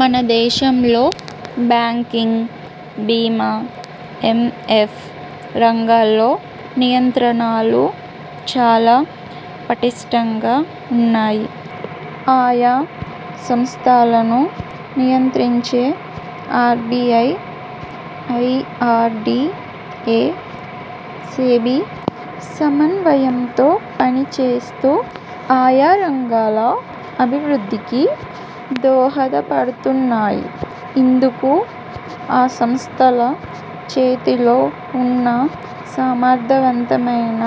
మన దేశంలో బ్యాంకింగ్, బీమా, ఎం ఎఫ్ రంగాల్లో నియంత్రణలు చాలా పటిష్ఠంగా ఉన్నాయి. ఆయా సంస్థలను నియంత్రించే R B I, I R D A, SEBI సమన్వయంతో పని చేస్తూ ఆయా రంగాల అభివృద్ధికి దోహదపడుతున్నాయి. ఇందుకు ఆ సంస్థల చేతిలో ఉన్న సమర్థవంతమైన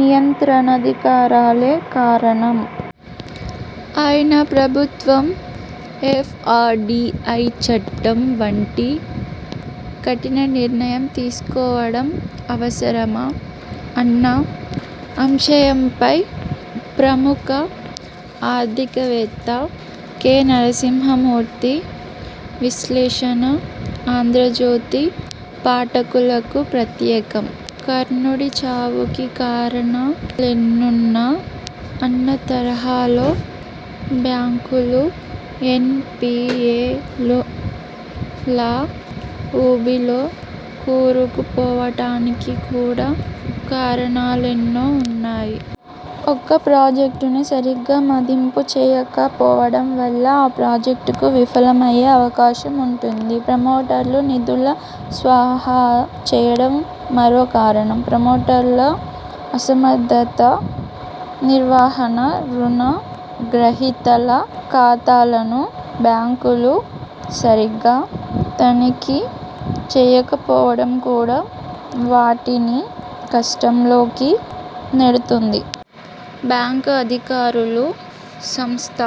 నియంత్రణాధికారాలే కారణం. అయినా ప్రభుత్వం ఎఫ్ ఆర్ డి ఐ చట్టం వంటి కఠిన నిర్ణయం తీసుకోవడం అవసరమా అన్న అంశంపై ప్రముఖ ఆర్థిక వేత్త కె నరసింహమూర్తి విశ్లేషణ ఆంధ్రజ్యోతి పాఠకులకు ప్రత్యేకం. కర్ణుడి చావుకి కారణాలెన్నో అన్న తరహాలో బ్యాంకులు ఎన్ పి ఏ ల ఊబిలో కూరుకు పోవడానికి కూడా కారణాలెన్నో ఉన్నాయి. ఒక ప్రాజెక్టుని సరిగా మదింపు చేయక పోవడం వల్ల ఆ ప్రాజెక్టు విఫలమయ్యే అవకాశం ఉంటుంది. ప్రమోటర్లు నిధులు స్వాహా చేయడం మరో కారణం. ప్రమోటర్ల అసమర్థ నిర్వహణ, రుణ గ్రహీతల ఖాతాలను బ్యాంకులు సరిగా తనిఖీ చేయక పోవడం కూడా వాటిని కష్టాల్లోకి నెడుతుంది. బ్యాంకు అధికారులు, సంస్థ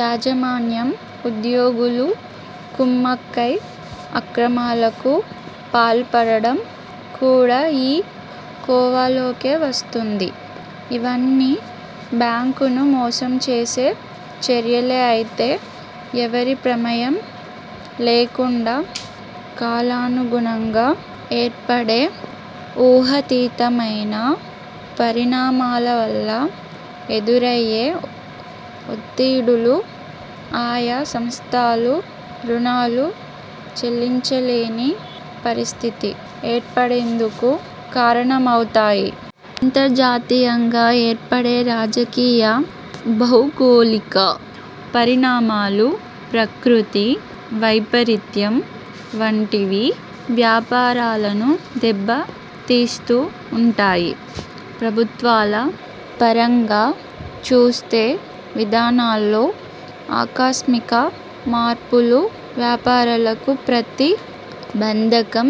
యాజమాన్యం ఉద్యోగులు కుమ్మక్కై అక్రమాలకు పాల్పడడం కూడా ఈ కోవలోకే వస్తుంది. ఇవన్నీ బ్యాంకును మోసం చేసే చర్యలే అయితే, ఎవరి ప్రమేయం లేకుండా కాలానుగుణంగా ఏర్పడే ఊహాతీతమైన పరిణామాల వల్ల ఎదురయ్యే ఒత్తిడులు ఆయా సంస్థలు రుణాలు చెల్లించలేని పరిస్థితి ఏర్పడేందుకు కారణమవుతాయి. అంతర్జాతీయంగా ఏర్పడే రాజకీయ, భౌగోళిక పరిణామాలు, ప్రకృతి వైపరీత్యాల వంటివి వ్యాపారాలను దెబ్బ తీస్తూ ఉంటాయి. ప్రభుత్వాల పరంగా చూస్తే విధానాల్లో ఆకస్మిక మార్పులు వ్యాపారాలకు ప్రతి బంధకం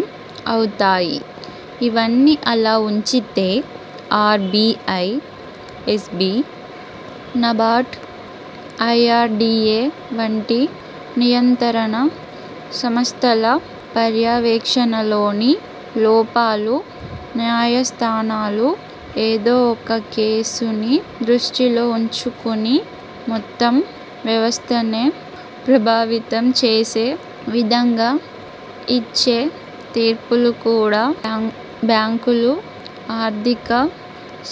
అవుతాయి. ఇవన్నీ అలా ఉంచితే R B I, SEBI, NABARD, I R D A వంటి నియంత్రణ సంస్థల పర్యవేక్షణలోని లోపాలు, న్యాయస్థానాలు ఏదో ఒక కేసుని దృష్టిలో ఉంచుకుని మొత్తం వ్యవస్థనే ప్రభావితం చేసే విధంగా ఇచ్చే తీర్పులు కూడా బ్యాంకులు, ఆర్థిక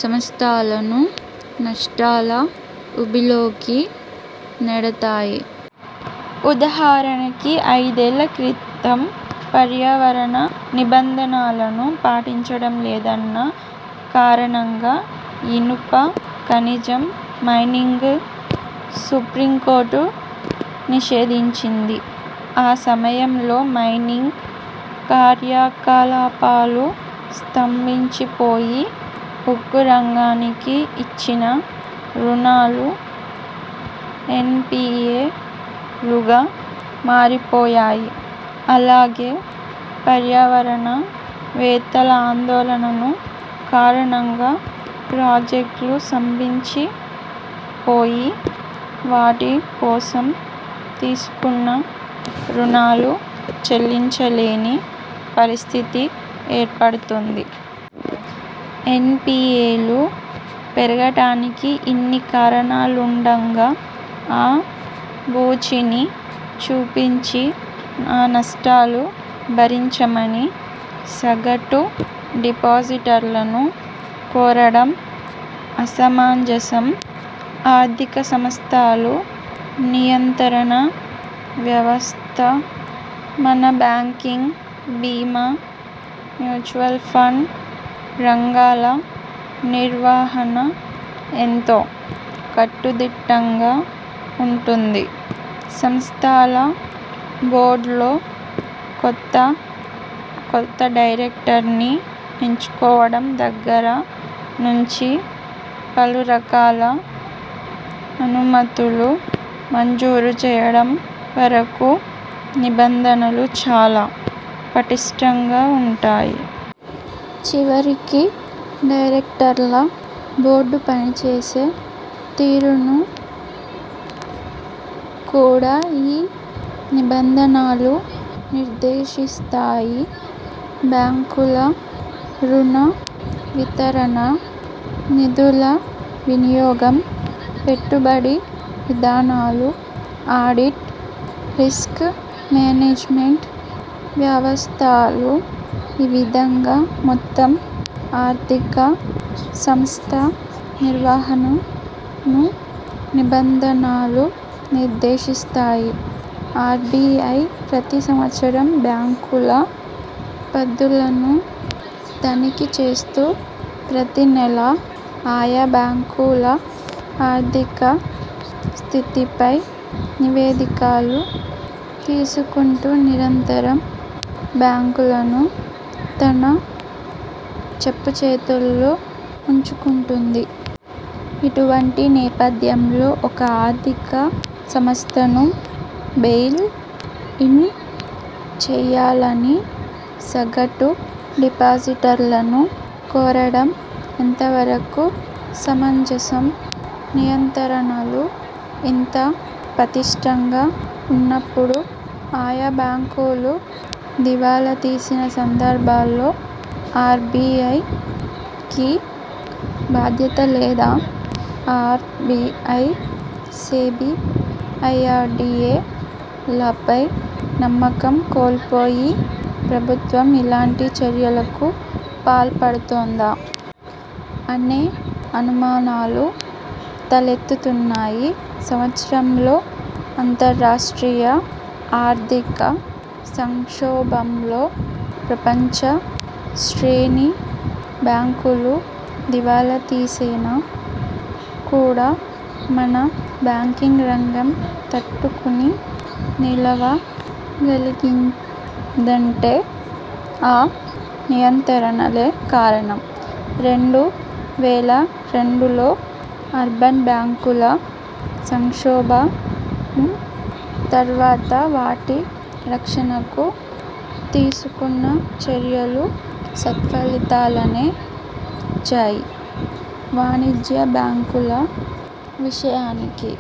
సంస్థలను నష్టాల ఊబిలోకి నెడతాయి. ఉదాహరణకి ఐదేళ్ల క్రితం పర్యావరణ నిబంధనలను పాటించడం లేదన్న కారణంగా ఇనుప ఖనిజం మైనింగ్ను సుప్రీం కోర్టు నిషేధించింది. ఆ సమయంలో మైనింగ్ కార్యకలాపాలు స్తంభించి పోయి ఉక్కు రంగానికి ఇచ్చిన రుణాలు ఎన్ పి ఏ లుగా మారిపోయాయి. అలాగే పర్యావరణ వేత్తల ఆందోళనల కారణంగా ప్రాజెక్టులు స్తంభించి పోయి వాటి కోసం తీసుకున్న రుణాలు చెల్లించలేని పరిస్థితి ఏర్పడుతోంది. ఎన్ పి ఏ లు పెరగడానికి ఇన్ని కారణాలుండగా ఆ బూచిని చూపించి ఆ నష్టాలు భరించమని సగటు డిపాజిటర్లను కోరడం అసమంజసం. ఆర్థిక సంస్థలు.. నియంత్రణ వ్యవస్థ మన బ్యాంకింగ్, బీమా, మ్యూచువల్ ఫండ్ రంగాల నిర్వహణ ఎంతో కట్టుదిట్టంగా ఉంటుంది. సంస్థల బోర్డుల్లో కొత్త డైరెక్టర్ని చేర్చుకోవడం దగ్గర నుంచి పలురకాల అనుమతులు మంజూరు చేయడం వరకు నిబంధనలు చాలా పటిష్ఠంగా ఉ ఉంటాయి. చివరికి డైరెక్టర్ల బోర్డు పని చేసే తీరును కూడా ఈ నిబంధనలు నిర్దేశిస్తాయి. బ్యాంకుల రుణ వితరణ, నిధుల వినియోగం, పెట్టుబడి విధానాలు, ఆడిట్, రిస్క్ మేనేజ్మెంట్ వ్యవస్థలు ఈ విధంగా మొత్తం ఆర్ధిక సంస్థ నిర్వహణను నిబంధనలు నిర్దేశిస్తాయి. ఆర్ బి ఐ ప్రతి సంవత్సరం బ్యాంకుల పద్దులను తనిఖీ చేస్తూ ప్రతి నెలా ఆయా బ్యాంకుల ఆర్థిక స్థితిపై నివేదికలు తీసుకుంటూ నిరంతరం బ్యాంకులను తన చెప్పుచేతల్లో ఉంచుకుంటుంది. ఇటువంటి నేపథ్యంలో ఒక ఆర్థిక సంస్థను బెయిల్ ఇన్ చేయాలని సగటు డిపాజిటర్ను కోరడం ఎంతవరకు సమంజసం? నియంత్రణలు ఇంత పటిష్ఠంగా ఉన్నప్పుడు ఆయా బ్యాంకులు దివాలా తీసిన సందర్భాల్లో ఆర్ బి ఐ కి బాధ్యత లేదా? R B I, SEBI, I R D A లపై నమ్మకం కోల్పోయి ప్రభుత్వం ఇలాంటి చర్యకు పాల్పడుతోందా? అనే అనుమానాలు తలెత్తుతున్నాయి. సంవత్సరంలో అంతర్జాతీయ ఆర్థిక సంక్షోభంలో ప్రపంచ శ్రేణి బ్యాంకులు దివాలా తీసినా కూడా మన బ్యాంకింగ్ రంగం తట్టుకుని నిలవ గలిగిందంటే ఆ నియంత్రణలే కారణం. రెండు వేల రెండులో అర్బన్ బ్యాంకుల సంక్షోభం తర్వాత వాటి రక్షణకు తీసుకున్న చర్యలు సత్ఫలితాలనే ఇచ్చాయి. వాణిజ్య బ్యాంకుల విషయానికి